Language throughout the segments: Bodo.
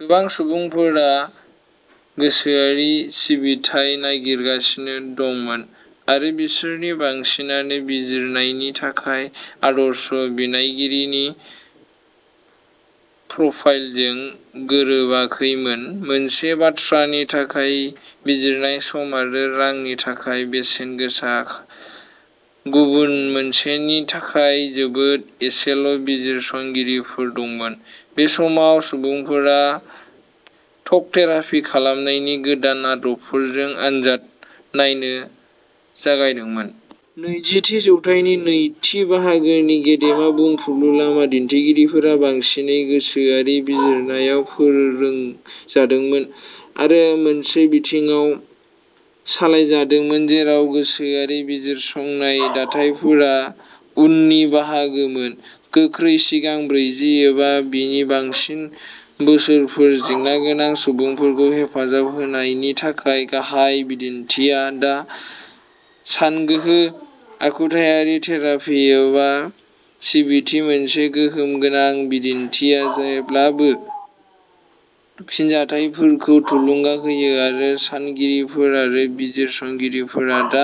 गोबां सुबुंफोरा गोसोआरि सिबिथाय नागिरगासिनो दंमोन आरो बिसोरनि बांसिनानो बिजिरनायनि थाखाय आदर्श बिनायगिरिनि प्रफाइलजों गोरोबाखैमोन। मोनसे बाथ्रानि थाखाय बिजिरनाया सम आरो रांनि थाखाय बेसेन गोसा गुबुन मोनसेनि थाखाय जोबोद एसेल' बिजिरसंगिरिफोर दंमोन। बे समाव सुबुंफोरा ट'क थेरापि खालामनायनि गोदान आदबफोरजों आनजाद नायनो जागायदोंमोन। नैजिथि जौथाइनि नैथि बाहागोनि गेदेमा बुंफुरलु लामा दिन्थिगिरिफोरा बांसिनै गोसोआरि बिजिरनायाव फोरोंजादोंमोन आरो मोनसे बिथिङाव सालायजादोंमोन जेराव गोसोआरि बिजिरसंनाय दाथायफोरा उननि बाहागोमोन। गोख्रै सिगां ब्रैजि एबा बिनि बांसिन बोसोरफोर जेंना गोनां सुबुंफोरखौ हेफाजाब होनायनि थाखाय गाहाय बिदिनथिया दा सानगोहो आखुथायारि थेरापि एबा सिबिटि मोनसे गोहोम गोनां बिदिनथिया जेब्लाबो फिनजाथायफोरखौ थुलुंगा होयो आरो सानगिरिफोर आरो बिजिरसंगिरिफोरा दा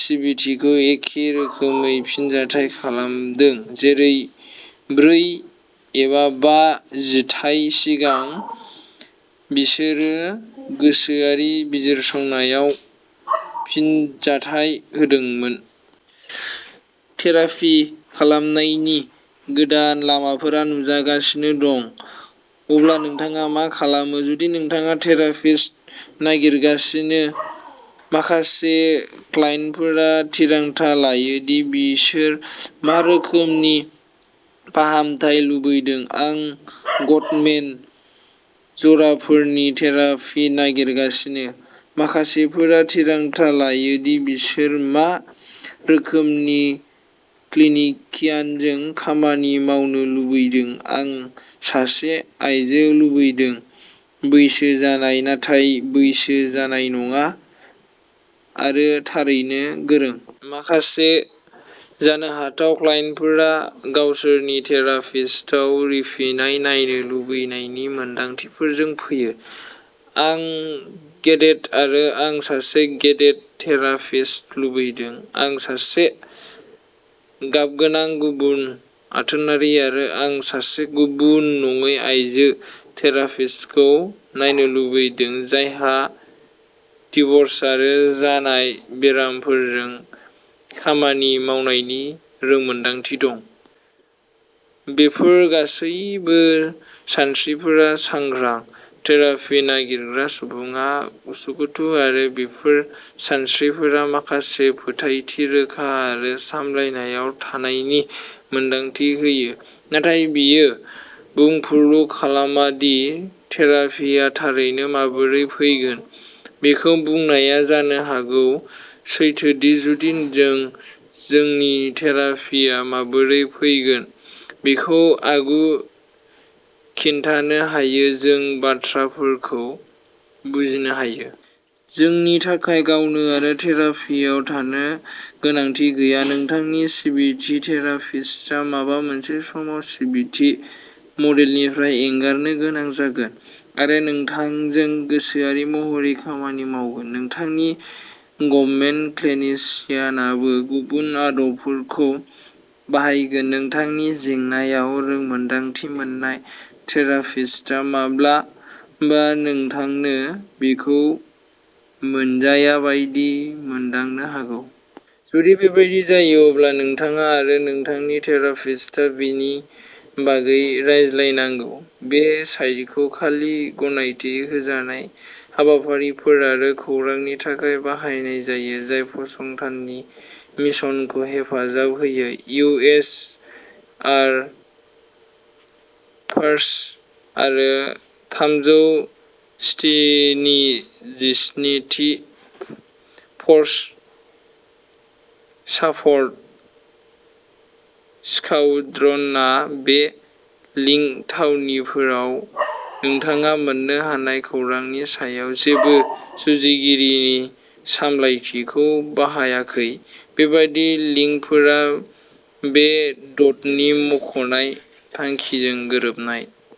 सिबिटिखौ एखे रोखोमै फिनजाथाय खालामदों जेरै, ब्रै एबा बा जिथाय सिगां, बिसोरो गोसोआरि बिजिरसंनायाव फिनजाथाय होदोंमोन। थेरापि खालामनायनि गोदान लामाफोरा नुजागासिनो दं। अब्ला नोंथाङा मा खालामो जुदि नोंथाङा थेरापिस्ट नागिरगासिनो। माखासे क्लाइन्टफोरा थिरांथा लायो दि बिसोर मा रोखोमनि फाहामथाय लुबैदों आं गटमेन जराफोरनि थेरापि नागिरगासिनो। माखासेफोरा थिरांथा लायो दि बिसोर मा रोखोमनि क्लिनिकियानजों खामानि मावनो लुबैदों आं सासे आयजो लुबैदों, बैसो जानाय, नाथाय बैसो जानाय नङा, आरो थारैनो गोरों। माखासे जानो हाथाव क्लाइन्टफोरा गावसोरनि थेरापिस्टआव रिफिनाय नायनो लुबैनायनि मोन्दांथिफोरजों फैयो। आं गेदेथ आरो आं सासे गेदेथ थेरापिस्ट लुबैदों। आं सासे गाबगोनां गुबुन आथोनारि आरो आं सासे गुबुन नङै आइजो थेरापिस्टखौ नायनो लुबैदों जायहा डिव'र्स आरो जानाय बेरामफोरजों खामानि मावनायनि रोंमोनदांथि दं। बेफोर गासैबो सानस्रिफोरा सांग्रां। थेरापि नागिरग्रा सुबुङा उसुखुथु आरो बेफोर सानस्रिफोरा माखासे फोथायथि रोखा आरो सामलायनायाव थानायनि मोनदांथि होयो। नाथाय बियो बुंफुरलु खालामा दि थेरापिआ थारैनो माबोरै फैगोन। बेखौ बुंनाया जानो हागौ सैथो दि जुदि जों जोंनि थेरापिआ माबोरै फैगोन बेखौ आगु खिन्थानो हायो जों बाथ्राफोरखौ बुजिनो हायो। जोंनि थाखाय गावनो आरो थेरापियाव थानो गोनांथि गैया। नोंथांनि सिबिटि थेरापिस्टआ माबा मोनसे समाव सिबिटि मडेलनिफ्राय एंगारनो गोनां जागोन आरो नोंथांजों गोसोआरि महरै खामानि मावगोन। नोंथांनि गबमेन क्लिनिसियानाबो गुबुन आदबफोरखौ बाहायगोन। नोंथांनि जेंनाआव रोंमोन्दांथि मोननाय थेरापिस्टआ माब्लाबा नोंथांनो बेखौ मोनजाया बायदि मोनदांनो हागौ। जुदि बेबादि जायो अब्ला नोंथाङा आरो नोंथांनि थेरापिस्टआ बेनि बागै रायज्लायनांगौ। बे साइटखौ खालि गनायथि होजानाय हाबाफारिफोर आरो खौरांनि थाखाय बाहायनाय जायो जाय फसंथाननि मिशनखौ हेफाजाब होयो। इउ. एस. आर फार्स आरो थामजौ सिथिनिजिस्निथि फर्स सापर्ट स्क्वाड्रनआ बे लिंक थावनिफोराव नोंथाङा मोन्नो हानाय खौरांनि सायाव जेबो सुजुगिरिनि सामलायथिखौ बाहायाखै। बेबादि लिंकफोरा बे ड'डनि मख'नाय थांखिजों गोरोबनाय।